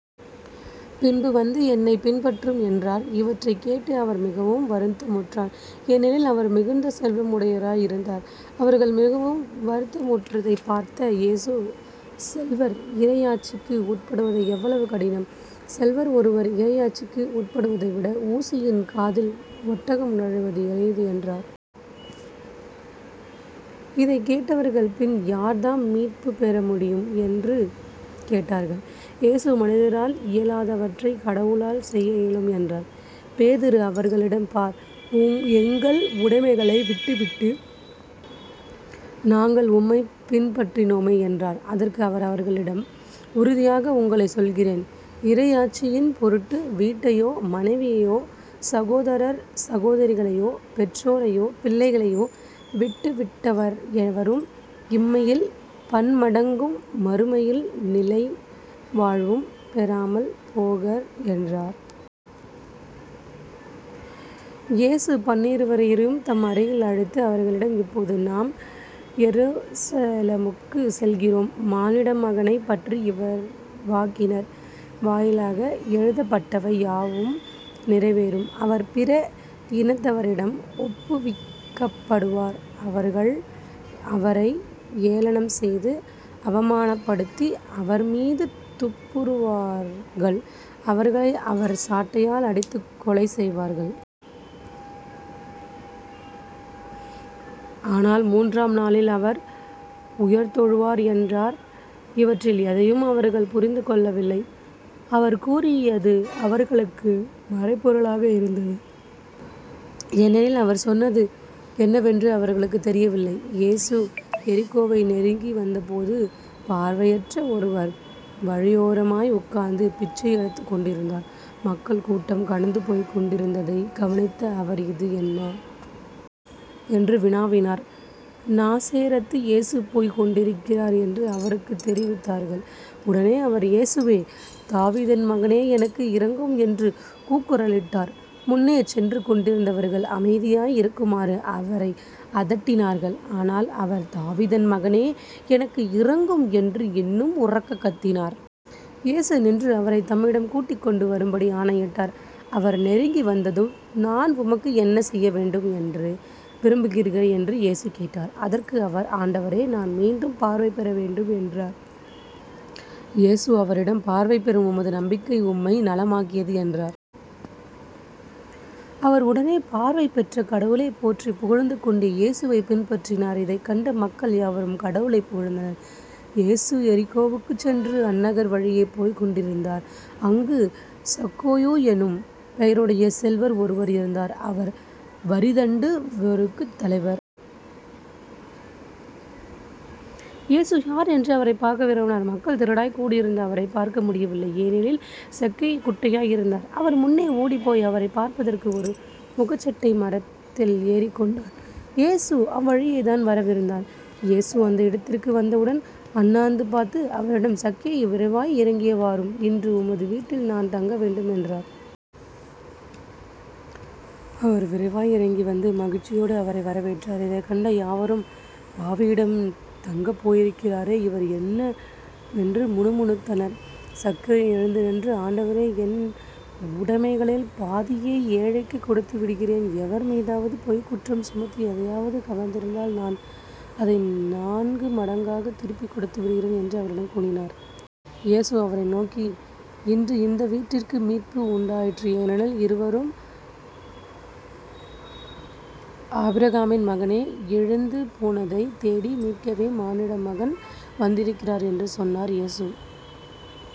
பின்பு வந்து என்னைப் பின்பற்றும் என்றார். இவற்றைக் கேட்டு அவர் மிகவும் வருத்தமுற்றார். ஏனெனில் அவர் மிகுந்த செல்வம் உடையராய் இருந்தார். அவர்கள் மிகவும் வருத்தமுற்றதைப் பார்த்த இயேசு செல்வர் இறையாட்சிக்கு உட்படுவது எவ்வளவு கடினம். செல்வர் ஒருவர் இறையாட்சிக்கு உட்படுவதைவிட ஊசியின் காதில் ஒட்டகம் நுழைவது எளிது என்றார். இதைக் கேட்டவர்கள் பின் யார்தான் மீட்புப் பெற முடியும்? என்று கேட்டார்கள். இயேசு மனிதரால் இயலாதவற்றைக் கடவுளால் செய்ய இயலும் என்றார். பேதுரு அவர்களிடம் பாரும் எங்கள் உடைமைகளை விட்டுவிட்டு நாங்கள் உம்மைப் பின்பற்றினோமே என்றார். அதற்கு அவர் அவர்களிடம் உறுதியாக உங்களுக்குச் சொல்கிறேன் இறையாட்சியின் பொருட்டு வீட்டையோ மனைவியையோ சகோதரர் சகோதரிகளையோ பெற்றோரையோ பிள்ளைகளையோ விட்டுவிட்டவர் எவரும் இம்மையில் பன்மடங்கும் மறுமையில் நிலைவாழ்வும் பெறாமல் போகார் என்றார். இயேசு பன்னிருவரையும் தம் அருகில் அழைத்து அவர்களிடம் இப்போது நாம் எருசலேமுக்குச் செல்கிறோம் மானிடமகனைப் பற்றி இறைவாக்கினர் வாயிலாக எழுதப்பட்டவை யாவும் நிறைவேறும். அவர் பிற இனத்தவரிடம் ஒப்புவிக்கப்படுவார். அவர்கள் அவரை ஏளனம் செய்து அவமானப்படுத்தி அவர்மீது துப்புருவார்கள். அவர்கள் அவரைச் சாட்டையால் அடித்துக்கொலை செய்வார்கள். ஆனால் மூன்றாம் நாளில் அவர் உயர்த்தொழுவார் என்றார். இவற்றில் எதையும் அவர்கள் புரிந்து கொள்ளவில்லை. அவர் கூறியது அவர்களுக்கு மறைபொருளாக இருந்தது. ஏனெனில் அவர் சொன்னது என்னவென்று அவர்களுக்குத் தெரியவில்லை. இயேசு எரிகோவை நெருங்கி வந்தபோது பார்வையற்ற ஒருவர் வழியோரமாய் உட்காந்து பிச்சையெடுத்துக் கொண்டிருந்தார். மக்கள் கூட்டம் கடந்து போய்க்கொண்டிருந்ததைக் கவனித்த அவர் இது என்ன? என்று வினவினார். நாசரேத்து இயேசு போய்க் கொண்டிருக்கிறார் என்று அவருக்குத் தெரிவித்தார்கள். உடனே அவர் இயேசுவே தாவீதின் மகனே எனக்கு இரங்கும் என்று கூக்குரலிட்டார். முன்னே சென்று கொண்டிருந்தவர்கள் அமைதியாய் இருக்குமாறு அவரை அதட்டினார்கள். ஆனால் அவர் தாவீதின் மகனே எனக்கு இரங்கும் என்று இன்னும் உரக்கக் கத்தினார். இயேசு நின்று அவரைத் தம்மிடம் கூட்டிக் கொண்டு வரும்படி ஆணையிட்டார். அவர் நெருங்கி வந்ததும் நான் உமக்கு என்ன செய்ய வேண்டும் என்று விரும்புகிறீர் என்று இயேசு கேட்டார். அதற்கு அவர் ஆண்டவரே நான் மீண்டும் பார்வை பெற வேண்டும் என்றார். இயேசு அவரிடம் பார்வை பெறும் உமது நம்பிக்கை உம்மை நலமாக்கியது என்றார். அவர் உடனே பார்வை பெற்று கடவுளைப் போற்றிப் புகழ்ந்து கொண்டே இயேசுவைப் பின்பற்றினார். இதைக் கண்ட மக்கள் யாவரும் கடவுளைப் புகழ்ந்தனர். இயேசு எரிகோவுக்குச் சென்று அந்நகர் வழியே போய்க் கொண்டிருந்தார். அங்கு சக்கோயு என்னும் பெயருடைய செல்வர் ஒருவர் இருந்தார். அவர் வரிதண்டுவோருக்குத் தலைவர். இயேசு யார் என்று அவரை பார்க்க விரும்பினார் மக்கள் திரளாய்க் கூடியிருந்தால் அவரைப் பார்க்க முடியவில்லை. ஏனெனில் சக்கேயு குட்டையாய் இருந்தார். அவர் முன்னே ஓடிப்போய் அவரைப் பார்ப்பதற்காக ஒரு முகக்சட்டை மரத்தில் ஏறிக் கொண்டார். இயேசு அவ்வழியேதான் வரவிருந்தார். இயேசு அந்த இடத்திற்கு வந்தவுடன் அண்ணாந்து பார்த்து அவரிடம் சக்கேயு விரைவாய் இறங்கிவாரும் இன்று உமது வீட்டில் நான் தங்க வேண்டும் என்றார். அவர் விரைவாய் இறங்கி வந்து மகிழ்ச்சியோடு அவரை வரவேற்றார். இதைக் கண்ட யாவரும் பாவியிடம் தங்கப்போயிருக்கிறாரே இவர் என்ன என்று முணுமுணுத்தனர். சக்கேயு எழுந்து நின்று ஆண்டவரே என் உடைமைகளில் பாதியை ஏழைக்குக் கொடுத்துவிடுகிறேன் எவர் மீதாவது பொய்க் குற்றம் சுமத்தி எதையாவது கவர்ந்திருந்தால் நான் அதை நான்கு மடங்காகத் திருப்பிக் கொடுத்து விடுகிறேன் என்று அவரிடம் கூறினார். இயேசு அவரை நோக்கி இன்று இந்த வீட்டிற்கு மீட்பு உண்டாயிற்று ஏனெனில் இருவரும் ஆபிரகாமின் மகனே. இழந்து போனதைத் தேடி மீட்கவே மானிடமகன் வந்திருக்கிறார் என்று சொன்னார். இயேசு